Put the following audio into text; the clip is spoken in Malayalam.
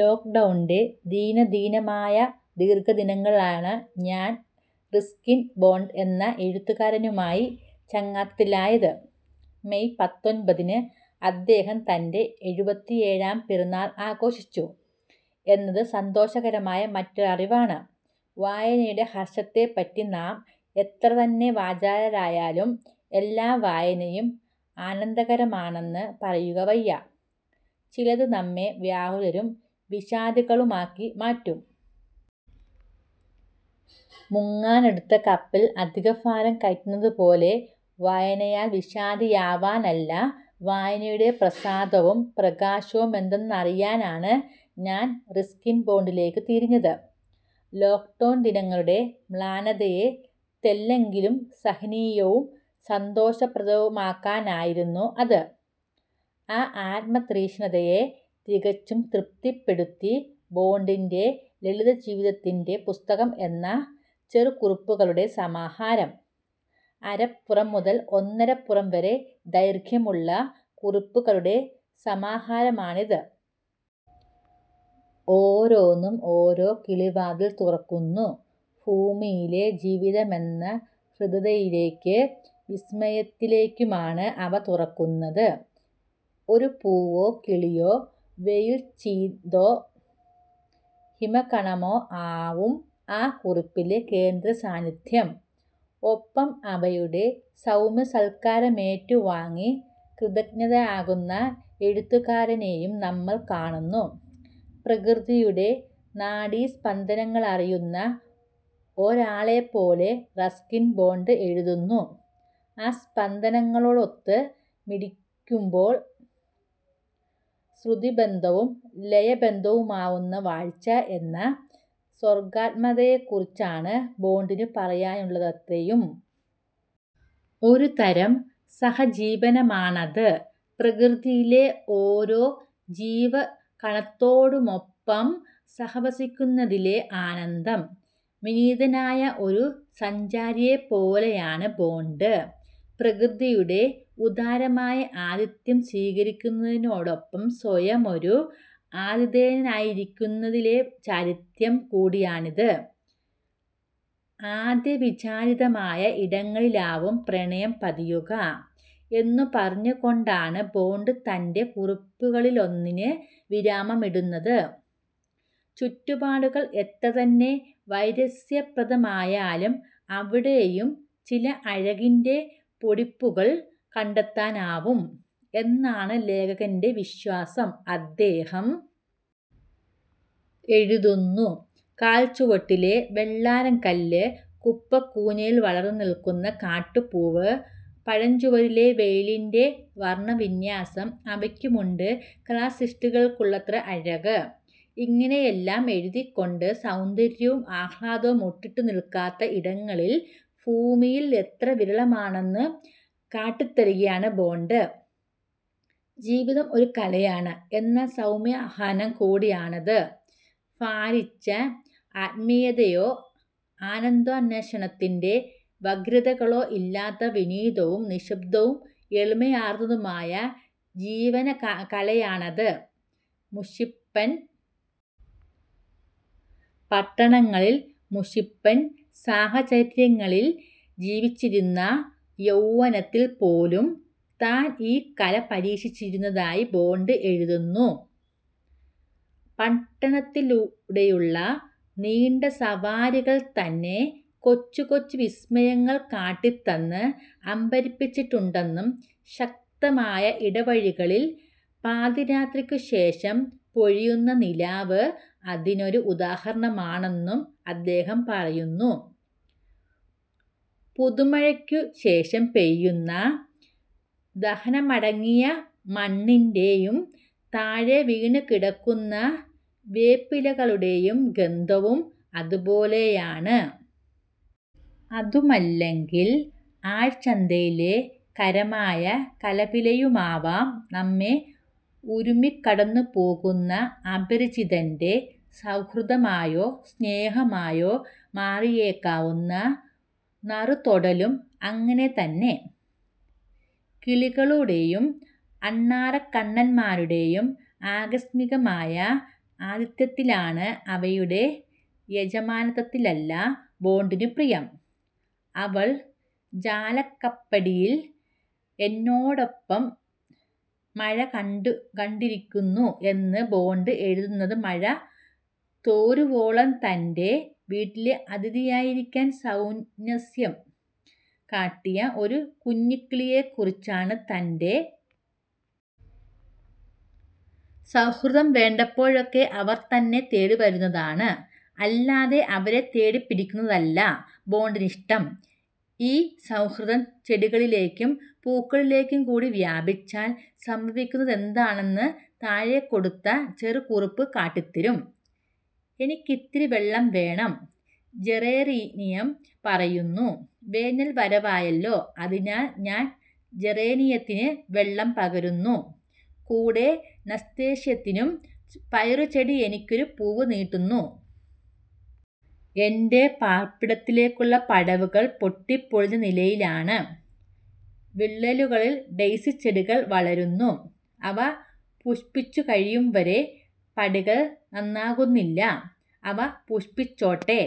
ലോക്ഡൗണിൻറെ ദീനദീനമായ ദീർഘദിനങ്ങളിലാണ് ഞാൻ റസ്കിൻ ബോണ്ട് എന്ന എഴുത്തുകാരനുമായി ചങ്ങാത്തത്തിലായത്. മെയ് പത്തൊൻപതിന് അദ്ദേഹം തൻറെ എൺപത്തിയേഴാം പിറന്നാൾ ആഘോഷിച്ചു എന്നത് സന്തോഷകരമായ മറ്റൊരറിവാണ്. വായനയുടെ ഹർഷത്തെപ്പറ്റി നാം എത്രതന്നെ വാചാലരായാലും എല്ലാ വായനയും ആനന്ദകരമാണെന്ന് പറയുക വയ്യ. ചിലത് നമ്മെ വ്യാകുലരും വിഷാദികളുമാക്കി മാറ്റും. മുങ്ങാനടുത്ത കപ്പലിൽ അധികഭാരം കയറ്റുന്നതുപോലെ വായനയാൽ വിഷാദിയാവാനല്ല, വായനയുടെ പ്രസാദവും പ്രകാശവുമെന്തെന്നറിയാനാണ് ഞാൻ റസ്കിൻ ബോണ്ടിലേക്കു തിരിഞ്ഞത്. ലോക്ഡൗൺ ദിനങ്ങളുടെ മ്ലാനതയെ തെല്ലെങ്കിലും സഹനീയവും സന്തോഷപ്രദവുമാക്കാനായിരുന്നു അത്.ആ ആത്മീയതൃഷ്ണയെ തികച്ചും തൃപ്തിപ്പെടുത്തി ബോണ്ടിൻറെ ലളിതജീവിതത്തിൻറെ പുസ്തകം എന്ന ചെറുകുറിപ്പുകളുടെ സമാഹാരം. അരപ്പുറം മുതൽ ഒന്നരപ്പുറം വരെ ദൈർഘ്യമുള്ള കുറിപ്പുകളുടെ സമാഹാരമാണിത്. ഓരോന്നും ഓരോ കിളിവാതിൽ തുറക്കുന്നു. ഭൂമിയിലെ ജീവിതമെന്ന ഹൃദ്യതയിലേക്കും വിസ്മയത്തിലേക്കുമാണ് അവ തുറക്കുന്നത്. ഒരു പൂവോ കിളിയോ വെയിൽച്ചീന്തോ ഹിമകണമോ ആവും ആ കുറിപ്പിലെ കേന്ദ്രസാന്നിധ്യം. ഒപ്പം അവയുടെ സൗമ്യസൽക്കാരമേറ്റുവാങ്ങി കൃതാർഥനാകുന്ന എഴുത്തുകാരനെയും നമ്മൾ കാണുന്നു. പ്രകൃതിയുടെ നാഡീസ്പന്ദനങ്ങളറിയുന്ന ഒരാളെപ്പോലെ റസ്കിൻ ബോണ്ട് എഴുതുന്നു. ആ സ്പന്ദനങ്ങളോടൊത്ത് മിടിക്കുമ്പോൾ ശ്രുതിബദ്ധവും ലയബദ്ധവുമാകുന്ന വാഴ്വ് എന്ന സർഗാത്മകതയെക്കുറിച്ചാണ് ബോണ്ടിനു പറയാനുള്ളതത്രയും. ഒരുതരം സഹജീവനമാണത്. പ്രകൃതിയിലെ ഓരോ ജീവകണത്തോടുമൊപ്പം സഹവസിക്കുന്നതിലെ ആനന്ദം. വിനീതനായ ഒരു സഞ്ചാരിയെപ്പോലെയാണ് ബോണ്ട്. പ്രകൃതിയുടെ ഉദാരമായ ആതിഥ്യം സ്വീകരിക്കുന്നതിനോടൊപ്പം സ്വയമൊരു ആതിഥേയനായിരിക്കുന്നതിലെ ചാരിതാർഥ്യം കൂടിയാണിത്. അത്യവിചാരിതമായ ഇടങ്ങളിലാവും പ്രണയം പതിയിരിക്കുക എന്നു പറഞ്ഞുകൊണ്ടാണ് ബോണ്ട് തൻറെ കുറിപ്പുകളിലൊന്നിന് വിരാമമിടുന്നത്. ചുറ്റുപാടുകൾ എത്രതന്നെ വൈരസ്യപ്രദമായാലും അവിടെയും ചില അഴകിൻറെ പൊടിപ്പുകൾ കണ്ടെത്താനാവും എന്നാണ് ലേഖകൻറെ വിശ്വാസം. അദ്ദേഹം എഴുതുന്നു. കാൽച്ചുവട്ടിലെ വെള്ളാരംകല്ല്, കുപ്പക്കൂനയിൽ വളർന്നുനിൽക്കുന്ന കാട്ടുപൂവ്, പഴഞ്ചുവരിലെ വെയിലിൻറെ വർണവിന്യാസം. അവയ്ക്കുമുണ്ട് കലാസൃഷ്ടികൾക്കുള്ളത്ര അഴക്. ഇങ്ങനെയെല്ലാം എഴുതിക്കൊണ്ട് സൗന്ദര്യവും ആഹ്ലാദവും മൊട്ടിട്ടുനിൽക്കാത്ത ഇടങ്ങൾ ഭൂമിയിൽ എത്ര വിരളമാണെന്നു കാട്ടിത്തരികയാണ് ബോണ്ട്. ജീവിതം ഒരു കലയാണ് എന്ന സൗമ്യാഹ്വാനം കൂടിയാണത്. ഭാരിച്ച ആത്മീയതയോ ആനന്ദാന്വേഷണത്തിൻറെ വ്യഗ്രതകളോ ഇല്ലാത്ത വിനീതവും നിശ്ശബ്ദവും എളിമയാർന്നതുമായ ജീവനകലയാണത്. മുഷിപ്പൻ പട്ടണങ്ങളിൽ മുഷിപ്പൻ സാഹചര്യങ്ങളിൽ ജീവിച്ചിരുന്ന യൗവനത്തിൽ പോലും താൻ ഈ കല പരിശീലിച്ചിരുന്നതായി ബോണ്ട് എഴുതുന്നു. പട്ടണത്തിലൂടെയുള്ള നീണ്ട സവാരികൾ തന്നെ കൊച്ചുകൊച്ചു വിസ്മയങ്ങൾ കാട്ടിത്തന്ന് അമ്പരപ്പിച്ചിട്ടുണ്ടെന്നും ശാന്തമായ ഇടവഴികളിൽ പാതിരാത്രിക്കു ശേഷം പൊഴിയുന്ന നിലാവ് അതിനൊരു ഉദാഹരണമാണെന്നും അദ്ദേഹം പറയുന്നു. പുതുമഴയ്ക്കു ശേഷം പൊങ്ങുന്ന ദാഹമടങ്ങിയ മണ്ണിൻറെ യും താഴെ വീണുകിടക്കുന്ന വേപ്പിലകളുടെയും ഗന്ധവും അതുപോലൊന്നാണ്. അതുമല്ലെങ്കിൽ ആഴ്ചച്ചന്തയിലെ കരമായ കലപിലയുമാവാം. നമ്മെ ഉരുമ്മിക്കടന്നുപോകുന്ന അപരിചിതൻറെ സൗഹൃദമായോ സ്നേഹമായോ മാറിയേക്കാവുന്ന നറുതൊടലും അങ്ങനെതന്നെ. കിളികളുടെയും അണ്ണാറക്കണ്ണന്മാരുടെയും ആകസ്മികമായ ആതിഥ്യത്തിലാണ്, അവയുടെ യജമാനത്വത്തിലല്ല, ബോണ്ടിനു പ്രിയം. അവൾ ജാലകപ്പടിയിൽ എന്നോടൊപ്പം മഴ കണ്ടിരിക്കുന്നു എന്ന് ബോണ്ട് എഴുതുന്നത് മഴ തോരുവോളം തൻറെ വീട്ടിലെ അതിഥിയായിരിക്കാൻ സൗമനസ്യം കാട്ടിയ ഒരു കുഞ്ഞുകിളിയെക്കുറിച്ചാണ്. തൻറെ സൗഹൃദം വേണ്ടപ്പോഴൊക്കെ അവർ തന്നെ തേടിവരുന്നതാണ്, അല്ലാതെ അവരെ തേടിപ്പിടിക്കുന്നതല്ല, ബോണ്ടിനിഷ്ടം. ഈ സൗഹൃദം ചെടികളിലേക്കും പൂക്കളിലേക്കും കൂടി വ്യാപിച്ചാൽ സംഭവിക്കുന്നതെന്താണെന്ന് താഴെക്കൊടുത്ത ചെറുകുറിപ്പ് കാട്ടിത്തരും. എനിക്കിത്തിരി വെള്ളം വേണം, ജെറേനിയം പറയുന്നു. വേനൽ വരവായല്ലോ. അതിനാൽ ഞാൻ ജെറേനിയത്തിന് വെള്ളം പകരുന്നു, കൂടെ നസ്തേർഷ്യത്തിനും. പയറുചെടി എനിക്കൊരു പൂവ് നീട്ടുന്നു. എൻറെ പാർപ്പിടത്തിലേക്കുള്ള പടവുകൾ പൊട്ടിപ്പൊളിഞ്ഞ നിലയിലാണ്. വിള്ളലുകളിൽ ഡെയ്സിച്ചെടികൾ വളരുന്നു. അവ പുഷ്പിച്ചുകഴിയും വരെ പടികൾ നന്നാക്കുന്നില്ല. അവ പുഷ്പിച്ചോട്ടെ.